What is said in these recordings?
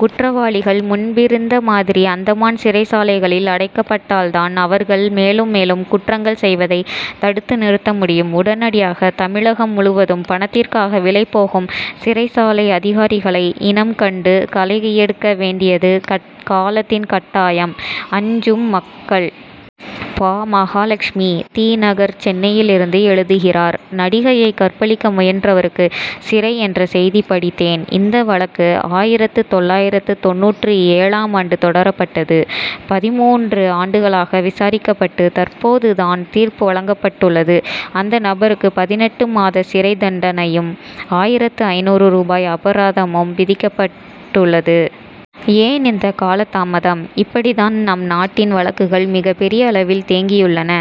குற்றவாளிகள் முன்பிருந்த மாதிரி அந்தமான் சிறைச்சாலைகளில் அடைக்கப்பட் டால் தான் அவர்கள் மேலும் மேலும் குற்றங்கள் செய்வதை தடுத்து நிறுத்த முடியும். உடனடியாக தமிழகம் முழுவதும் பணத்திற்காக விலை போகும் சிறைச் சாலை அதிகாரிகளை இனம் கண்டுகளை எடுக்க வேண்டியது காலத்தின் கட்டாயம். அஞ்சும் மக்கள்! பா. மகாலட்சுமி தி. நகர் சென்னையிலிருந்து எழுதுகிறார் நடிகையை கற்பழிக்க முயன்றவருக்கு சிறை என்ற செய்தி படித்தேன். இந்த வழக்கு ஆயிரத்து தொள்ளாயிரத்து தொண்ணூற்று ஏழாம் ஆண்டு தொடரப்பட்டது. பதிமூன்று ஆண்டுகளாக விசாரிக்கப் பட்டு தற்போது தான் தீர்ப்பு வழங்கப்பட்டுள்ளது. அந்த நபருக்கு பதினெட்டு மாத சிறை தண்டனையும் ஆயிரத்து ஐநூறு ரூபாய் அபராதமும் விதிக்கப் பட்டுள்ளது. ஏன் இந்த காலதாமதம்? இப்படி தான் நம் நாட்டில் வழக்குகள் மிகப் பெரிய அளவில் தேங்கியுள்ளன.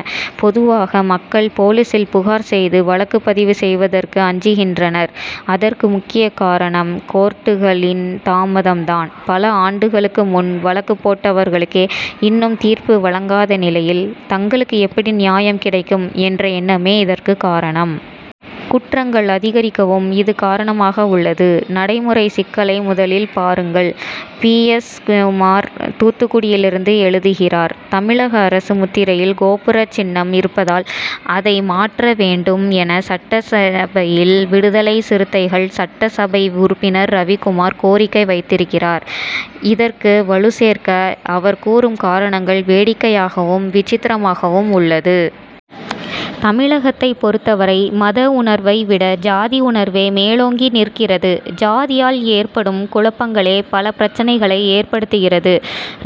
பொதுவாக மக்கள் போலீசில் புகார் செய்து வழக்கு பதிவு செய்வதற்கு அஞ்சுகின்றனர். அதற்கு முக்கியக் காரணம் கோர்ட்டுகளின் தாமதம் தான். பல ஆண்டுகளுக்கு முன் வழக்கு போட்டவர்களுக்கே இன் னும் தீர்ப்பு வழங்காத நிலையில் தங்களுக்கு எப்படி நியாயம் கிடைக்கும் என்ற எண்ணமே இதற்கு காரணம். குற்றங்கள் அதிகரிக்கவும் இது காரணமாக உள்ளது. நடைமுறை சிக்கலை முதலில் பாருங்கள்! பி. எஸ். குமார் தூத்துக்குடியிலிருந்து எழுதுகிறார் தமிழக அரசு முத்திரையில் கோபுரச் சின்னம் இருப்பதால் அதை மாற்ற வேண்டும் என சட்டசபையில் விடுதலைச் சிறுத்தைகள் சட்டசபை உறுப்பினர் ரவிக்குமார் கோரிக்கை வைத்திருக்கிறார். இதற்கு வலுசேர்க்க அவர் கூறும் காரணங்கள் வேடிக் கையாகவும் விசித்திரமாகவும் உள்ளது. தமிழகத்தைப் பொறுத்தவரை மத உணர் வை விட ஜாதி உணர்வே மேலோங்கி நிற்கிறது. ஜாதியால் ஏற்படும் குழப் பங்களே பல பிரச்னைகளை ஏற்படுத்துகிறது.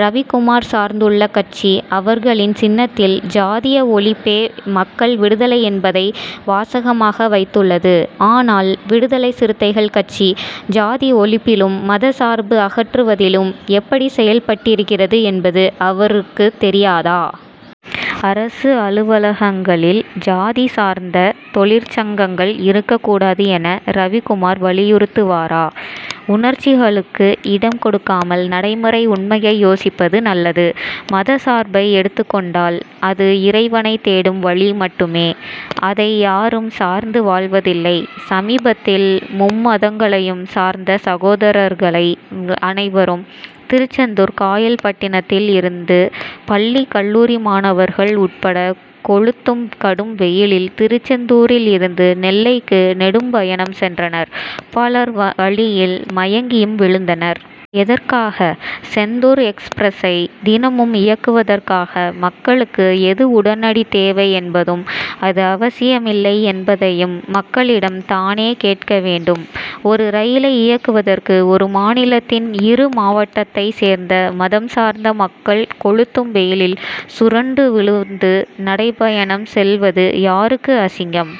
ரவிக்குமார் சார்ந்துள்ள கட்சி அவர்களின் சின்னத்தில் ஜாதிய ஒழிப்பே மக்கள் விடுதலை என்பதை வாசகமாக வைத் துள்ளது. ஆனால் விடுதலைச் சிறுத்தைகள் கட்சி ஜாதி ஒழிப்பிலும் மதச்சார்பு அகற்றுவதிலும் எப்படி செயல்பட்டிருக்கிறது என்பது அவருக்கு தெரியாதா? அரசு அலுவலகங்களில் ஜாதி சார்ந்த தொழிற்சங்கங்கள் இருக்கக் கூடாது என ரவிக்குமார் வலியுறுத்துவாரா? உணர்ச்சிகளுக்கு இடம் கொடுக்காமல் நடைமுறை உண்மையை யோசிப்பது நல்லது. மதச்சார்பை எடுத்துக் கொண்டால் அது இறைவனைத் தேடும் வழி மட்டுமே. அதை யாரும் சார்ந்து வாழ்வதில்லை. சமீபத்தில் மும்மதங்களையும் சார்ந்த சகோதரர்கள் அனைவரும் திருச்செந்தூர் காயல்பட்டினத்தில் இருந்து பள்ளி கல்லூரி மாணவர்கள் உட்பட கொளுத்தும் கடும் வெயிலில் திருச்செந்தூரில் இருந்து நெல்லைக்கு நெடும் பயணம் சென்றனர் பலர் வழியில் மயங்கியும் விழுந்தனர். எதற்காக? செந்தூர் எக்ஸ்பிரசை தினமும் இயக்குவதற்காக மக்களுக்கு எது உடனடித் தேவை என்பதும் எது அவசியமில்லை என்பதையும் மக்களிடம் தானே கேட்க வேண்டும். ஒரு ரயிலை இயக்குவதற்கு ஒரு மாநிலத்தின் இரு மாவட்டத்தைச் சேர்ந்த மதம் சார்ந்த மக்கள் கொளுத்தும் வெயிலில் சுருண்டு விழுந்து நடைபயணம் செல்வது யாருக்கு அசிங்கம்?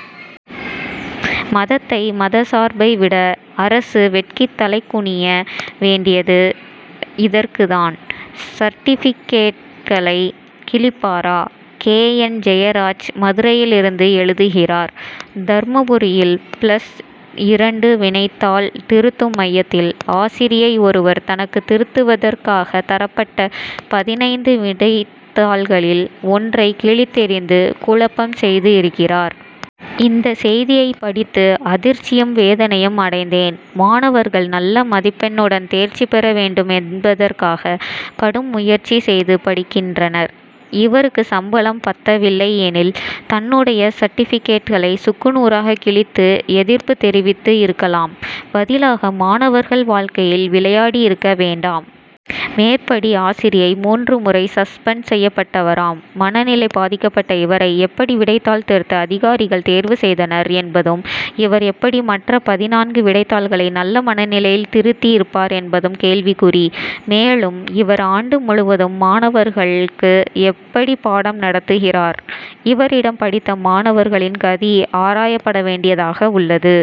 மதத்தை மதச்சார்பை விட அரசு வெட்கித்தலைகுனிய வேண்டியது இதற்குத் தான். சர்டிபிகேட்டுகளை கிழிப்பாரா! கே. என். ஜெயராஜ் மதுரையிலிருந்து எழுதுகிறார் தர்மபுரியில் பிளஸ் இரண்டு விடைத்தாள் திருத்தும் மையத்தில் ஆசிரியை ஒருவர் தனக்கு திருத்துவதற்காக தரப்பட்ட பதினைந்து விடைத்தாள்களில் ஒன்றை கிழித்தெறிந்து குழப்பம் செய்து இருக்கிறார். இந்தச் செய்தியைப் படித்து அதிர்ச்சியும் வேதனையும் அடைந் தேன். மாணவர்கள் நல்ல மதிப்பெண்ணுடன் தேர்ச்சி பெற வேண்டும் என்பதற்காக கடும் முயற்சி செய்து படிக்கின்றனர். இவருக்கு சம்பளம் பத்தவில்லை எனில் தன்னுடைய சர்டிபிகேட்டுகளை சுக்கு நூறாக கிழித்து எதிர்ப்பு தெரிவித்து இருக்கலாம். பதிலாக மாணவர்கள் வாழ்க்கையில் விளையாடி இருக்க வேண்டாம். மேற்படி ஆசிரியை மூன்று முறை சஸ்பெண்ட் செய்யப்பட்டவராம் மனநிலை பாதிக்கப்பட்ட இவரை எப்படி விடைத் தாள் திருத்த அதிகாரிகள் தேர்வு செய்தனர் என்பதும் இவர் எப்படி மற்ற பதினான்கு விடைத்தாள்களையும் நல்ல மனநிலையில் திருத்தி இருப்பார் என்பதும் கேள்விக்குறி. மேலும் இவர் ஆண்டு முழுவதும் மாணவர்களுக்கு எப்படி பாடம் நடத்துகிறார்? இவரிடம் படித்த மாணவர்களின் கதி ஆராயப்பட வேண்டியதாக உள்ளது!